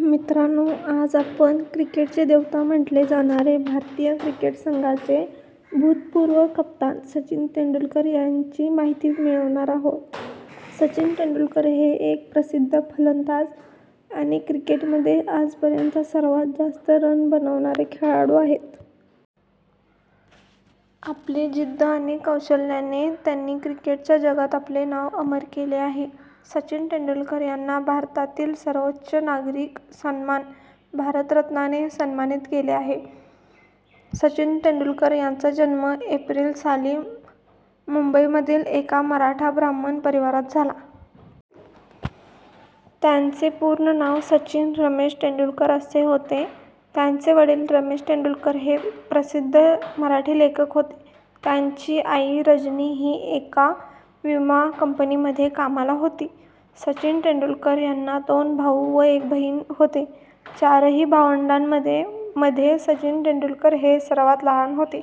मित्रांनो आज आपण क्रिकेटचे देवता म्हटले जाणारे भारतीय क्रिकेट संघाचे भूतपूर्व कप्तान सचिन तेंडुलकर यांची माहिती मिळवणार आहोत. सचिन तेंडुलकर हे एक प्रसिद्ध फलंदाज आणि क्रिकेटमध्ये आजपर्यंत सर्वात जास्त रन बनवणारे खेळाडू आहेत. आपली जिद्द आणि कौशल्याने त्यांनी क्रिकेटच्या जगात आपले नाव अमर केले आहे. सचिन तेंडुलकर यांना भारतातील सर्वोच्च नागरिक सन्मान भारतरत्नाने सन्मानित केले आहे. सचिन तेंडुलकर यांचा जन्म एप्रिल साली मुंबईमधील एका मराठा ब्राह्मण परिवारात झाला. त्यांचे पूर्ण नाव सचिन रमेश तेंडुलकर असे होते. त्यांचे वडील रमेश तेंडुलकर हे प्रसिद्ध मराठी लेखक होते, त्यांची आई रजनी ही एका विमा कंपनीमध्ये कामाला होती. सचिन तेंडुलकर यांना दोन भाऊ व एक बहीण होते, चारही भावंडांमध्ये मध्ये सचिन तेंडुलकर हे सर्वात लहान होते.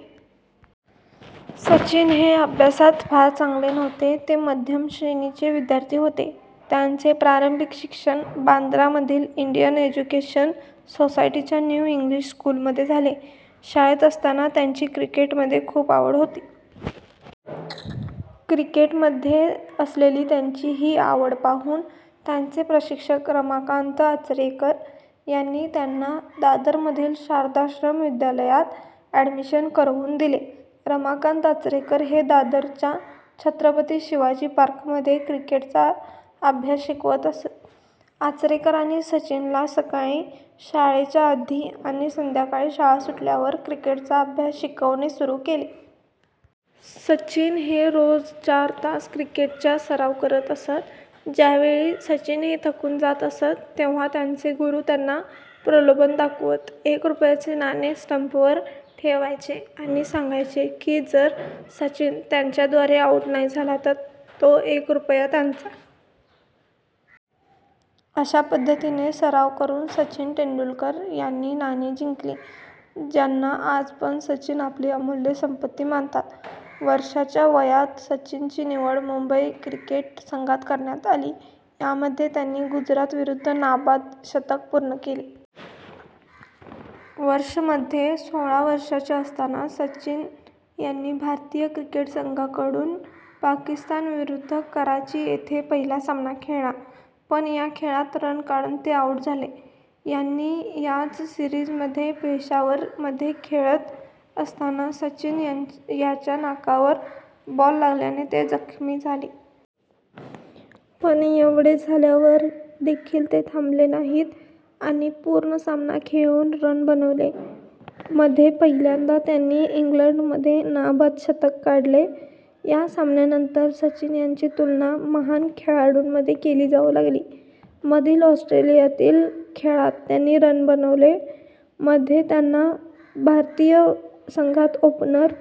सचिन हे अभ्यासात फार चांगले नव्हते ते मध्यम श्रेणी चे विद्यार्थी होते. त्यांचे प्रारंभिक शिक्षण बांद्रा मधील इंडियन एज्युकेशन सोसायटी च्या न्यू इंग्लिश स्कूलमध्ये झाले. शाळेत असताना त्यांची क्रिकेट मध्ये खूप आवड होती. क्रिकेटमध्ये असलेली त्यांची ही आवड पाहून त्यांचे प्रशिक्षक रमाकांत आचरेकर यांनी त्यांना दादरमधील शारदाश्रम विद्यालयात ऍडमिशन करवून दिले. रमाकांत आचरेकर हे दादरच्या छत्रपती शिवाजी पार्क मध्ये क्रिकेट चा अभ्यास शिकवत असतं. आचरेकरांनी सचिनला सकाळी शाळेच्या आधी आणि संध्याकाळी शाळा सुटल्यावर क्रिकेटचा अभ्यास शिकवणे सुरू केले. सचिन हे रोज चार तास क्रिकेटच्या सराव करत असत. ज्यावेळी सचिन हे थकून जात असतं, तेव्हा त्यांचे गुरु त्यांना प्रलोभन दाखवत एक रुपयाचे नाणे स्टंप वर ठेवायचे आणि सांगायचे की जर सचिन त्यांच्याद्वारे आऊट नाही झाला तर तो एक रुपया त्याचा. अश्या पद्धतीने सराव करून सचिन तेंडुलकर यांनी नाणी जिंकली, ज्यांना आज पण सचिन आपली अमूल्य संपत्ती मानतात. वर्षाच्या वयात सचिन ची निवड मुंबई क्रिकेट संघात करण्यात आली. मध्ये त्यांनी गुजरात विरुद्ध नाबाद शतक पूर्ण केले. वर्ष मध्ये सोळा वर्षाचे असताना सचिन यांनी भारतीय क्रिकेट संघाकडून पाकिस्तान विरुद्ध कराची येथे पहिला सामना खेळला. पण या खेळात रन काढून ते आऊट झाले. यांनी याच सीरिज मध्ये पेशावर मध्ये खेळात असताना सचिन याच्या नाकावर बॉल लागल्याने ते जखमी झाले. पण येवढे सर्व झाल्यावर देखील ते थांबले नाहीत आणि पूर्ण सामना खेळून रन बनवले. मध्ये पहिल्यांदा त्यांनी इंग्लंड मध्ये नाबाद शतक काढले. या सामन्यानंतर सचिन यांची तुलना महान खेळाडूंमध्ये केली जाऊ लागली. मधील ऑस्ट्रेलियातील खेळात त्यांनी रन बनवले. मध्ये त्यांना भारतीय संघात ओपणर